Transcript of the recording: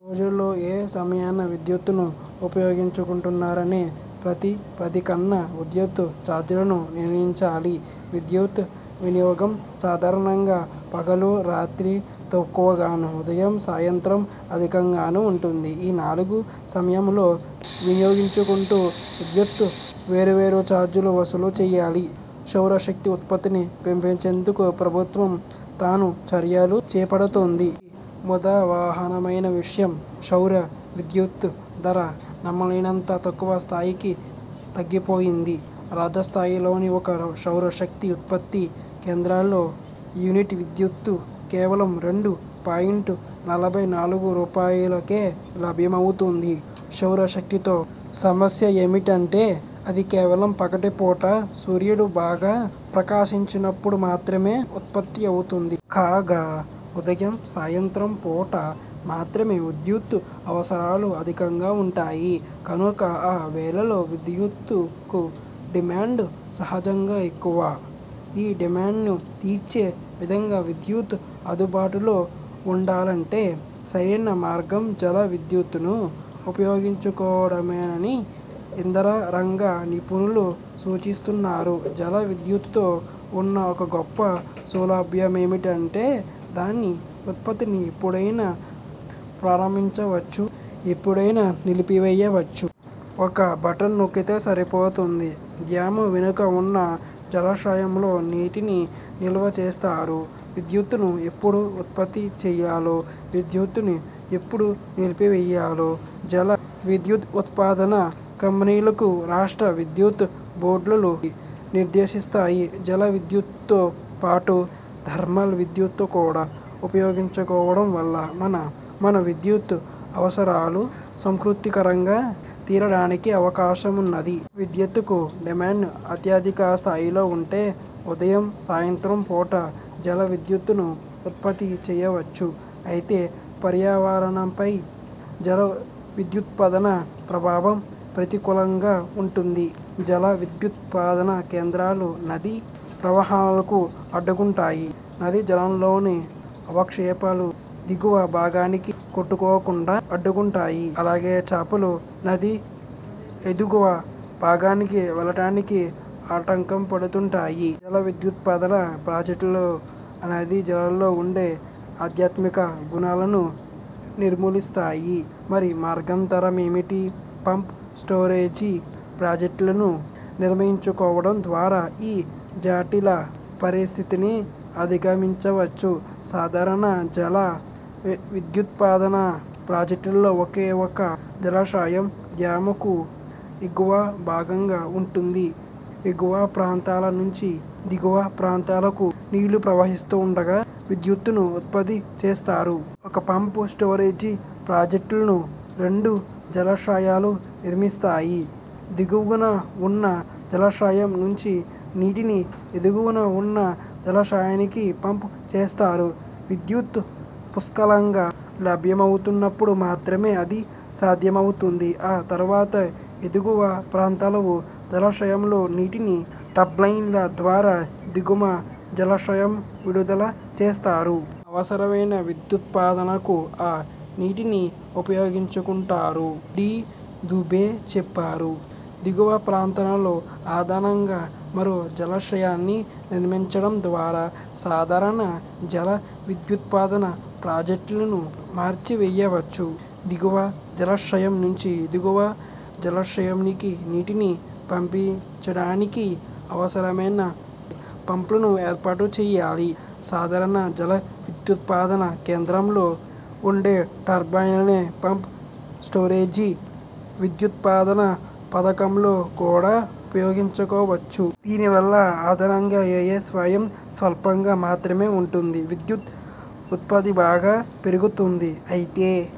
రోజులో ఏ సమయాన విద్యుత్తును ఉపయోగించుకుంటున్నారనే ప్రాతిపదికన విద్యుత్తు చార్జీలను నిర్ణయించాలి. విద్యుత్ వినియోగం సాధారణంగా పగలు, రాత్రి తక్కువగాను, ఉదయం, సాయంత్రం అధికంగాను ఉంటుంది. ఈ నాలుగు సమయాలలో వినియోగించుకొంటున్న విద్యుత్కు వేర్వేరు చార్జీలు వసూలు చేయాలి. సౌర శక్తి ఉత్పత్తిని పెంపొందించేందుకు ప్రభు త్వం తను చర్యలు చేపడుతోంది. ఇది ముదావహమైన విషయం. సౌర విద్యుత్తు ధర నమ్మలేనంత తక్కువ స్థాయికి తగ్గిపోయింది. రాజస్థాన్లోని ఒక సౌరశక్తి ఉత్పత్తి కేంద్రంలో యూనిట్ విద్యుత్తు కేవలం రెండు పాయింట్ నలభై నాలుగు రూపాయలుకే లభ్యమవుతున్నది. సౌరశక్తితో సమస్యేమిటంటే అది కేవలం పగటి పూట సూర్యుడు బాగా ప్రకాశిస్తున్నప్పుడు మాత్రమే ఉత్పత్తి అవుతుంది. కాగా ఉదయం, సాయంత్రం పూట మాత్రమే విద్యుత్తు అవసరాలు అధికంగా ఉంటాయి. కనుక ఆ వేళల్లో విద్యుత్తుకు డిమాండ్ సహజంగానే ఎక్కువ. ఈ డిమాండ్ను తీర్చే విధంగా విద్యుత్ అందుబాటులో వుండాలంటే సరైన మార్గం జల విద్యుత్తును ఉపయోగించుకోవడమేనని ఇంధన రంగ నిపుణులు సూచిస్తున్నారు. జల విద్యుత్తుతో వున్న ఒక గొప్ప సౌలభ్యమేమిటంటే దాని ఉత్పత్తిని ఎప్పుడైనా ప్రారంభించవచ్చు, ఎప్పుడైనా నిలిపివేయవచ్చు. ఒక బటన్ నొక్కితే సరిపోతుంది. డ్యామ్ వెనుక వున్న జలాశయంలో నీటిని నిల్వ చేస్తారు. విద్యుత్తును ఎప్పుడు ఉత్పత్తి చేయాలో, ఉత్పత్తిని ఎప్పుడు నిలిపివేయాలో జల విద్యుదుత్పాదన కంపెనీలకు రాష్ట్ర విద్యుత్ బోర్డులు నిర్దేశిస్తాయి. జల విద్యుత్తో పాటు ధర్మల్ విద్యుత్ను కూడా ఉపయోగించుకోవడం వల్ల మన విద్యుత్ అవసరాలు సంతృప్తికరంగా తీరడానికి అవకాశమున్నది. విద్యుత్కు డిమాండ్ అత్యధిక స్థాయిలో వుండే ఉదయం, సాయంత్రం పూట జల విద్యుత్తును ఉత్పత్తి చేయవచ్చు. అయితే పర్యావరణంపై జల విద్యుదుత్పాదన ప్రభావం ప్రతికూలంగా వుంటుంది. జలవిద్యుదుత్పాదన కేంద్రాలు నదీ ప్రవాహాలను అడ్డుకుంటాయి. నదీ జలాల్లోని అవక్షేపాలు దిగువ భాగానికి కొట్టుకుపోకుండా అడ్డుకుంటాయి. అలాగే చేపలు నది ఎగువ భాగానికి వెళ్ళటానికి ఆటంకమవుతాయి. జల విద్యుదుత్పాదన ప్రాజెక్టులు నదీ జలాల్లో ఉండే ఆధ్యాత్మిక గుణాలను నిర్మూలిస్తాయి. మరి మార్గాంతరమేమిటి? పంప్ – స్టోరేజీ ప్రాజెక్టులను నిర్మించుకోవడం ద్వారా ఈ జటిల పరిస్థితిని అధిగమించవచ్చు. సాధారణ జల విద్యుదుత్పాదన ప్రాజెక్టులో ఒకే ఒక జలాశయం డ్యామ్కు ఎగువ భాగాన వుంటుంది. ఎగువ ప్రాంతాల నుంచి దిగువ ప్రాంతాలకు నీరు ప్రవహిస్తుండగా విద్యుత్తును ఉత్పత్తి చేస్తారు. ఒక పంప్– స్టోరేజి ప్రాజెక్ట్లో రెండు జలాశయాలను నిర్మిస్తారు. దిగువున వున్న జలాశయం నుంచి నీటిని ఎగువున వున్న జలాశయానికి పంప్ చేస్తారు. విద్యుత్తు పుష్కలంగా లభ్యమవుతున్నప్పుడు మాత్రమే ఇది సాధ్యమవుతుంది. ఆ తరువాత ఎగువ ప్రాంతపు జలాశయంలోని నీటిని టర్బైన్ల ద్వారా దిగువ జలాశయానికి విడుదల చేస్తారు. అవసరమైన విద్యుదుత్పాదనకు ఆ నీటిని ఉపయోగించుకుంటారు. డి. దూబే చెప్పారు. దిగువ ప్రాంతంలో అదనంగా మరో జలాశయాన్ని నిర్మించడం ద్వారా సాధారణ జల విద్యుదుత్పాదన ప్రాజెక్ట్లను మార్చివేయవచ్చు. దిగువ జలాశయం నుంచి ఎగువ జలాశయానికి నీటిని పంపించడానికి అవసరమైన పంప్లను ఏర్పాటు చేయాలి. సాధారణ జల విద్యుదుత్పాదన కేంద్రంలో వుండే టర్బైన్లనే పంప్– స్టోరేజి విద్యుదుత్పాదన పథకంలో కూడా ఉపయోగించుకోవచ్చు. దీనివల్ల అదనంగా అయ్యే వ్యయం స్వల్పంగా మాత్రమే వుంటుంది. విద్యుత్ ఉత్పత్తి బాగా పెరుగుతుంది. అయితే